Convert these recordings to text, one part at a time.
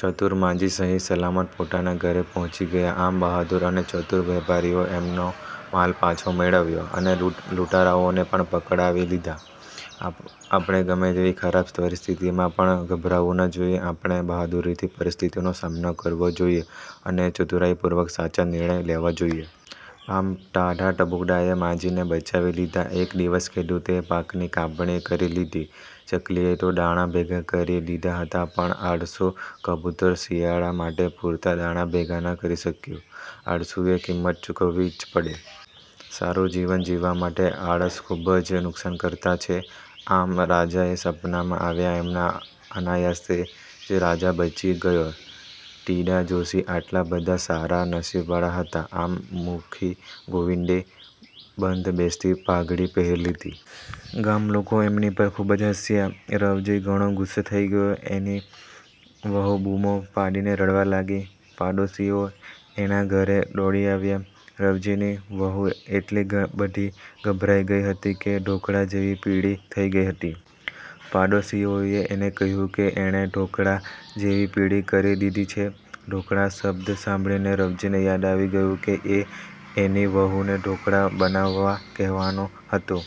ચતુર માજી સહી-સલામત પોતાને ઘરે પહોંચી ગયા. આમ બહાદુર અને ચતુર વેપારીઓએ એમનો માલ પાછો મેળવ્યો અને લૂંટારાઓને પણ પકડાવી દીધા. આપણે ગમે તેવી ખરાબ પરિસ્થિતિમાં પણ ગભરાવું ન જોઈએ. આપણે બહાદુરીથી પરિસ્થિતિનો સામનો કરવો જોઈએ અને ચતુરાઈપૂર્વક સાચા નિર્ણય લેવા જોઈએ. આમ ટાઢા ટબુકડાએ માજીને બચાવી લીધાં! એક દિવસ ખેડૂતે પાકની કાપણી કરી લીધી. ચકલીએ તો દાણા ભેગા કરી લીધા હતા પણ આળસુ કબૂતર શિયાળા માટે પૂરતા દાણા ભેગા ન કરી શક્યું. આળસુએ કિંમત ચુકવવી જ પડે! સારું જીવન જીવવા માટે આળસ ખુબ જ નુકસાનકર્તા છે. આમ રાજાને સપનાં આવ્યાં એમાં અનાયાસે જ રાજા બચી ગયો! ટીડા જોશી આટલા બધા સારા નસીબવાળા હતા! આમ મુખી ગોવિંદે "બંધ બેસતી પાઘડી પહેરી લીધી"! ગામ લોકો એમની પર ખુબ હસ્યા. રવજી ઘણો ગુસ્સે થઇ ગયો. એની વહુ બૂમો પાડીને રડવા લાગી. પાડોશીઓ એના ઘરે દોડી આવ્યા. રવજીની વહુ એટલી બધી ગભરાઈ ગઈ હતી કે ઢોકળા જેવી પીળી થઇ ગઈ હતી! પાડોશીઓએ એને કહ્યું કે એને "ઢોકળા" જેવી પીળી કરી દીધી છે. "ઢોકળા" શબ્દ સાંભળીને રવજીને યાદ આવી ગયું કે એ એની વહુને ઢોકળા બનાવવા કહેવાનો હતો!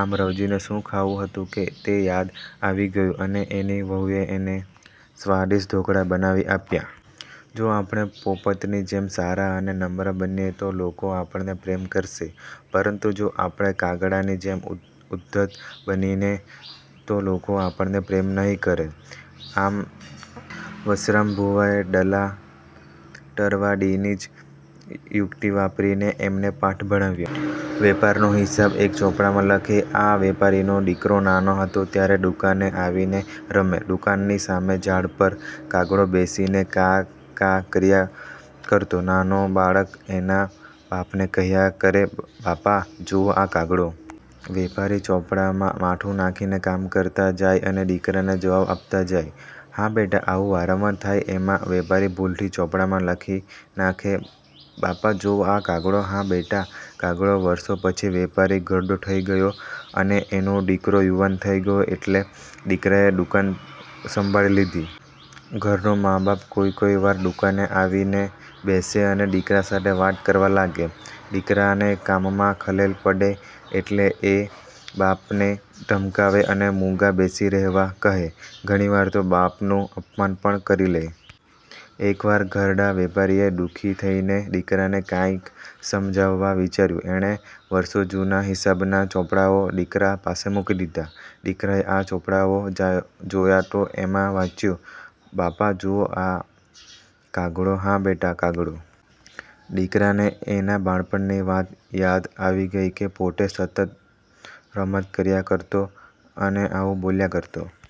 આમ રવજીને શું ખાવું હતું તે યાદ આવી ગયું અને એની વહુએ એને સ્વાદિષ્ટ ઢોકળા બનાવી આપ્યાં! જો આપણે પોપટની જેમ સારા અને નમ્ર બનીએ તો લોકો આપણને પ્રેમ કરશે. પરંતુ જો આપણે કાગડાની જેમ ઉદ્ધત બનીએ તો લોકો આપણને પ્રેમ નહિ કરે. આમ વશરામ ભુવાએ દલા તરવાડીની જ યુક્તિ વાપરીને એમને પાઠ ભણાવ્યો. વેપારનો હિસાબ એક ચોપડામાં લખે. આ વેપારીનો દીકરો નાનો હતો ત્યારે દુકાને આવીને રમે. દુકાનની સામે ઝાડ પર કાગડો બેસીને કા.. કા કર્યા કરતો. નાનો બાળક એના બાપને કહ્યા કરે: "બાપા જુઓ આ કાગડો.. " વેપારી ચોપડામાં માથું નાખી કામ કરતા જાય અને દીકરાને જવાબ આપતા જાય: "હા બેટા આવું વારંવાર થાય એમાં વેપારી ભૂલથી ચોપડામાં લખી નાખે: "બાપા જુઓ આ કાગડો.. હા બેટા કાગડો" વર્ષો પછી વેપારી ઘરડો થઇ ગયો અને એનો દીકરો યુવાન થઇ ગયો એટલે દીકરાએ દુકાન સંભાળી લીધી. ઘરડો બાપ કોઈ કોઈ વાર દુકાને આવીને બેસે અને દીકરા સાથે વાત કરવા લાગે. દીકરાને કામમાં ખલેલ પડે એટલે એ બાપને ધમકાવે અને મુંગા બેસી રહેવા કહે. ઘણી વાર તો બાપનું અપમાન પણ કરી લે. એક વાર ઘરડા વેપારીએ દુઃખી થઈને દીકરાને કાંઇક સમજાવવા વિચાર્યું. એણે વર્ષો જુના હિસાબના ચોપડાઓ દીકરા પાસે મૂકી દીધા. દીકરાએ આ ચોપડાઓ જોયા તો એમાં વાંચ્યું: "બાપા જુઓ આ કાગડો.. હા બેટા કાગડો". દીકરાને એના બાળપણની વાત યાદ આવી ગઈ કે પોતે સતત રમત કર્યા કરતો અને આવું બોલ્યા કરતો।